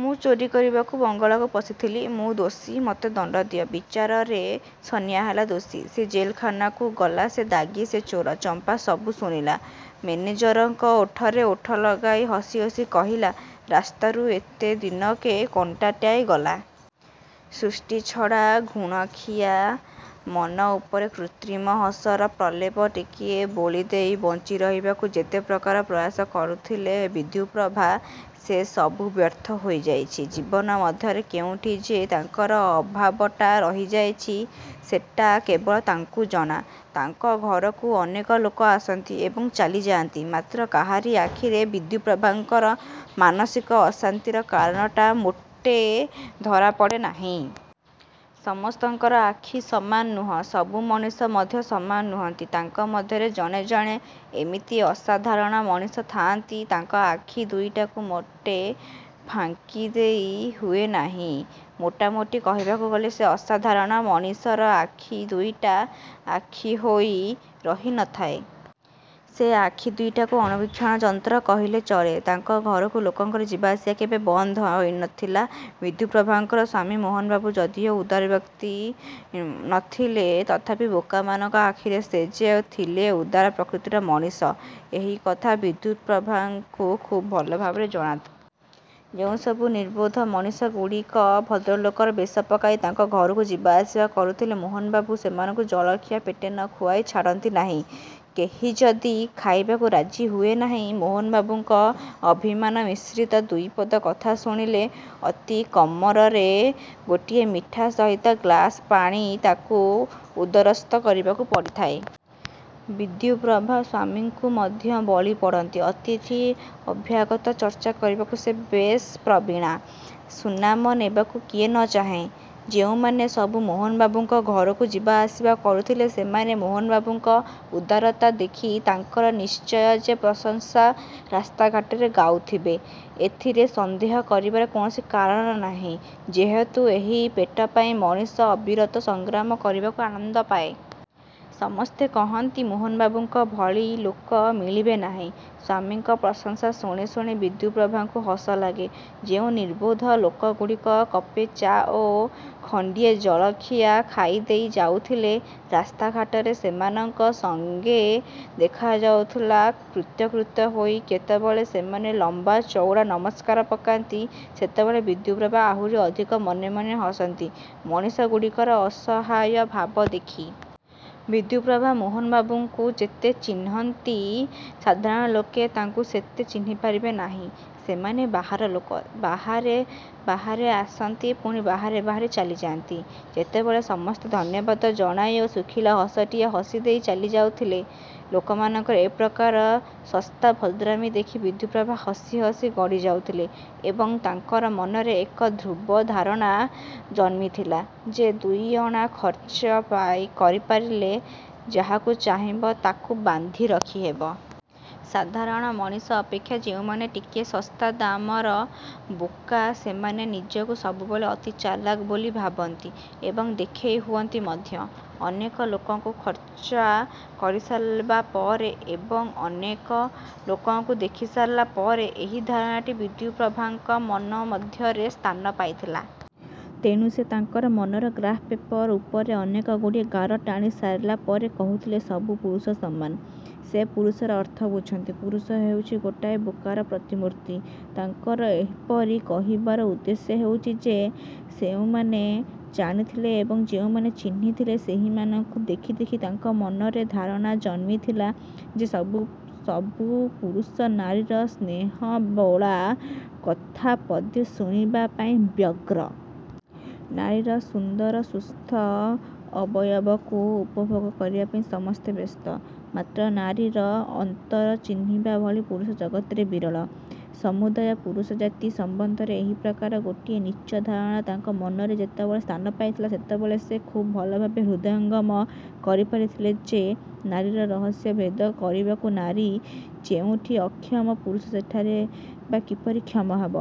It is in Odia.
ମୁଁ ଚୋରୀ କରିବାକୁ ବଙ୍ଗଳାକୁ ପଶିଥିଲି। ମୁଁ ଦୋଷୀ। ମୋତେ ଦଣ୍ଡ ଦିଅ। '' ବିଚାରରେ ସନିଆ ହେଲା ଦୋଷୀ। ସେ ଜେଲଖାନାକୁ ଗଲା। ସେ ଦାଗୀ, ସେ ଚୋର। ଚମ୍ପା ସବୁ ଶୁଣିଲା। ମେନେଜରଙ୍କ ଓଠରେ ଓଠ ଲଗାଇ ହସି ହସି କହିଲା, ''ରାସ୍ତାରୁ ଏତେ ଦିନକେ କଣ୍ଟାଟାଏ ଗଲା। '' ସୃଷ୍ଟି ଛଡ଼ା ଘୁଣଖିଆ ମନ ଉପରେ କୃତ୍ରିମ ହସର ପ୍ରଲେପ ଟିକିଏ ବୋଳିଦେଇ ବଞ୍ଚିରହିବାକୁ ଯେତେ ପ୍ରକାର ପ୍ରୟାସ କରୁଥିଲେ ବିଦ୍ୟୁପ୍ରଭା ସେ ସବୁ ବ୍ୟର୍ଥ ହୋଇଯାଇଛି। ଜୀବନ ମଧ୍ୟରେ କେଉଁଠି ଯେ ତାଙ୍କର ଅଭାବଟା ରହିଯାଇଛି ସେଟା କେବଳ ତାଙ୍କୁ ଜଣା। ତାଙ୍କ ଘରକୁ ଅନେକ ଲୋକ ଆସନ୍ତି ଏବଂ ଚାଲିଯାଆନ୍ତି, ମାତ୍ର କାହାରି ଆଖିରେ ବିଦ୍ୟୁପ୍ରଭାଙ୍କର ମାନସିକ ଅଶାନ୍ତିର କାରଣଟା ମୋଟେ ଧରାପଡ଼େ ନାହିଁ। ସମସ୍ତଙ୍କର ଆଖି ସମାନ ନୁହେଁ। ସବୁ ମଣିଷ ମଧ୍ୟ ସମାନ ନୁହଁନ୍ତି। ତାଙ୍କ ମଧ୍ୟରେ ଜଣେ ଜଣେ ଏମିତି ଅସାଧାରଣ ମଣିଷ ଥାଆନ୍ତି ତାଙ୍କ ଆଖି ଦୁଇଟାକୁ ମୋଟେ ଫାଙ୍କିଦେଇ ହୁଏ ନାହିଁ। ମୋଟାମୋଟି କହିବାକୁ ଗଲେ। ସେ ଅସାଧାରଣ ମଣିଷର ଆଖି ଦୁଇଟା ଆଖି ହୋଇ ରହିନଥାଏ-। ସେ ଆଖି ଦୁଇଟାକୁ ଅଣୁବୀକ୍ଷଣଯନ୍ତ୍ର କହିଲେ ଚଳେ। ତାଙ୍କ ଘରକୁ ଲୋକଙ୍କର ଯିବାଆସିବା କେବେ ବନ୍ଦ ନ ଥିଲା। ବିଦ୍ୟୁପ୍ରଭାଙ୍କର ସ୍ୱାମୀ ମୋହନବାବୁ ଯଦିଓ ଉଦାର ପ୍ରକୃତିର ମଣିଷ ନ ଥିଲେ ତଥାପି ବୋକାମାନଙ୍କ ଆଖିରେ ସେ ଯେ ଥିଲେ ଉଦାର ପ୍ରକୃତିର ମଣିଷ ଏହି କଥା ବିଦ୍ୟୁପ୍ରଭାଙ୍କୁ ଖୁବ୍ ଭଲ ଭାବରେ ଜଣା। ଯେଉଁସବୁ ନିର୍ବୋଧ ମଣିଷଗୁଡ଼ିକ ଭଦ୍ରଲୋକର ବେଶ ପକାଇ ତାଙ୍କ ଘରକୁ ଯିବାଆସିବା କରୁଥିଲେ ମୋହନବାବୁ ସେମାନଙ୍କୁ ଜଳଖିଆ ପେଟେ ନ ଖୁଆଇ ଛାଡ଼ନ୍ତି ନାହିଁ। କେହି ଯଦି ଖାଇବାକୁ ରାଜି ହୁଏ ନାହିଁ ମୋହନବାବୁଙ୍କ ଅଭିମାନ ମିଶ୍ରିତ ଦୁଇପଦ କଥା ଶୁଣିଲେ ଅତି କମରେ ଗୋଟିଏ ମିଠା ସହିତ ଗ୍ଲାସେ ପାଣି ତାକୁ ଉଦରସ୍ଥ କରିବାକୁ ପଡ଼ିଥାଏ। ବିଦ୍ୟୁପ୍ରଭା ସ୍ୱାମୀଙ୍କୁ ମଧ୍ୟ ବଳିପଡ଼ନ୍ତି। ଅତିଥି, ଅଭ୍ୟାଗତ ଚର୍ଚ୍ଚା କରିବାକୁ ସେ ବେଶ୍ ପ୍ରବୀଣା। ସୁନାମ ନେବାକୁ କିଏ ନ ଚାହେଁ? ଯେଉଁମାନେ ସବୁ ମୋହନବାବୁଙ୍କ ଘରକୁ ଯିବା ଆସିବା କରୁଥିଲେ ସେମାନେ ମୋହନବାବୁଙ୍କ ଉଦାରତା ଦେଖି ତାଙ୍କର ନିଶ୍ଚୟ ଯେ ପ୍ରଶଂସା ରାସ୍ତାଘାଟରେ ଗାଉଥିବେ ଏଥିରେ ସନ୍ଦେହ କରିବାରେ କୌଣସି କାରଣ ନାହିଁ, ଯେହେତୁ ଏହି ପେଟ ପାଇଁ ମଣିଷ ଅବିରତ ସଂଗ୍ରାମ କରିବାକୁ ଆନନ୍ଦ ପାଏ। ସମସ୍ତେ କହନ୍ତି ମୋହନବାବୁଙ୍କ ଭଳି ଲୋକ ମିଳିବେ ନାହିଁ। ସ୍ଵାମୀଙ୍କ ପ୍ରଶଂସା ଶୁଣି ଶୁଣି ବିଦ୍ୟୁପ୍ରଭାଙ୍କୁ ହସ ଲାଗେ। ଯେଉଁ ନିର୍ବୋଧ ଲୋକଗୁଡ଼ିକ କପେ ଚା' ଓ ଗଣ୍ଡିଏ ଜଳଖିଆ ଖାଇଦେଇ ଯାଉଥିଲେ ରାସ୍ତାଘାଟରେ ସେମାନଙ୍କ ସଙ୍ଗେ ଦେଖାହେଲେ କୃତ୍ୟକୃତ୍ୟ ହୋଇ ଯେତେବେଳେ ସେମାନେ ଲମ୍ବା ଚୌଡ଼ା ନମସ୍କାର ପକାନ୍ତି ସେତେବେଳେ ବିଦ୍ୟୁପ୍ରଭା ଆହୁରି ଅଧିକ ମନେମନେ ହସନ୍ତି ମଣିଷଗୁଡ଼ିକର ଅସହାୟଭାବ ଦେଖି। ବିଦ୍ୟୁପ୍ରଭା ମୋହନବାବୁଙ୍କୁ ଯେତେ ଚିହ୍ନନ୍ତି ସାଧାରଣ ଲୋକେ ତାଙ୍କୁ ସେତେ ଚିହ୍ନିପାରିବେ ନାହିଁ। ସେମାନେ ବାହାର ଲୋକ। ବାହାରେ ବାହାରେ ଆସନ୍ତି, ପୁଣି ବାହାରେ ବାହାରେ ଚାଲିଯାଆନ୍ତି। ଯେତେବେଳେ ସମସ୍ତେ ଧନ୍ୟବାଦ ଜଣାଇ ଓ ଶୁଖିଲା ହସଟିଏ ହସିଦେଇ ଚାଲିଯାଉଥିଲେ। ଲୋକମାନଙ୍କର ଏ ପ୍ରକାର ଶସ୍ତା ଭଦ୍ରାମି ଦେଖି ବିଦ୍ୟୁପ୍ରଭା ହସି ହସି ଗଡ଼ିଯାଉଥିଲେ ଏବଂ ତାଙ୍କର ମନରେ ଏକ ଧ୍ରୁବ ଧାରଣା ଜନ୍ମିଥିଲା ଯେ ଦୁଇଅଣା ଖର୍ଚ୍ଚ କରିପାରିଲେ ଯାହାକୁ ଚାହିଁବ ତାକୁ ବାନ୍ଧି ରଖିହେବ। ସାଧାରଣ ମଣିଷ ଅପେକ୍ଷା ଯେଉଁମାନେ ଟିକିଏ ଶସ୍ତା ଦାମର ବୋକା ସେମାନେ ନିଜକୁ ସବୁବେଳେ ଅତି ଚାଲାକ ବୋଲି ଭାବନ୍ତି ଏବଂ ଦେଖାଇ ହୁଅନ୍ତି ମଧ୍ୟ। ଅନେକ ଲୋକଙ୍କୁ ଚର୍ଚ୍ଚା କରିସାରିଲା ପରେ ଏବଂ ଅନେକ ଲୋକଙ୍କୁ ଦେଖିସାରିଲା ପରେ ଏହି ଧାରଣାଟି ବିଦ୍ୟୁପ୍ରଭାଙ୍କ ମନ ମଧ୍ୟରେ ସ୍ଥାନ ପାଇଥିଲା। ତେଣୁ ସେ ତାଙ୍କର ମନର ଗ୍ରାଫ୍ ପେପାର ଉପରେ ଅନେକଗୁଡ଼ିଏ ଗାର ଟାଣି ସାରିଲା ପରେ କହିଥିଲେ, ''ସବୁ ପୁରୁଷ ସମାନ। '' ସେ ପୁରୁଷର ଅର୍ଥ ବୁଝନ୍ତି। ପୁରୁଷ ହେଉଛି ଗୋଟାଏ ବୋକାର ପ୍ରତିମୂର୍ତ୍ତି। ତାଙ୍କର ଏପରି କହିବାର ଉଦ୍ଦେଶ୍ୟ ହେଉଛି ସେ ଯେଉଁମାନଙ୍କୁ ଜାଣିଥିଲେ ଏବଂ ଯେଉଁମାନଙ୍କୁ ଚିହ୍ନିଥିଲେ ସେହିମାନଙ୍କୁ ଦେଖି ଦେଖି ତାଙ୍କ ମନରେ ଧାରଣା ଜନ୍ମିଥିଲା ଯେ ସବୁ ପୁରୁଷ ନାରୀର ସ୍ନେହବୋଳା କଥାପଦେ ଶୁଣିବା ପାଇଁ ବ୍ୟଗ୍ର। ନାରୀର ସୁନ୍ଦର ସୁସ୍ଥ ଅବୟବକୁ ଉପଭୋଗ କରିବାପାଇଁ ସମସ୍ତେ ବ୍ୟସ୍ତ। ମାତ୍ର ନାରୀର ଅନ୍ତର ଚିହ୍ନିବା ଭଳି ପୁରୁଷ ଜଗତରେ ବିରଳ। ସମୁଦାୟ ପୁରୁଷ ଜାତି ସମ୍ବନ୍ଧରେ ଏହି ପ୍ରକାର ଗୋଟିଏ ନୀଚ ଧାରଣା ତାଙ୍କର ମନ ମଧ୍ୟରେ ଯେତେବେଳେ ସ୍ଥାନପାଇଥିଲା ସେତେବେଳେ ସେ ଖୁବ୍ ଭଲଭାବେ ହୃଦୟଙ୍ଗମ କରିପାରିଥିଲେ ଯେ ନାରୀର ରହସ୍ୟ ଭେଦ କରିବାକୁ ନାରୀ ଯେଉଁଠି ଅକ୍ଷମ ପୁରୁଷ ସେଠାରେ ବା କିପରି କ୍ଷମ ହେବ?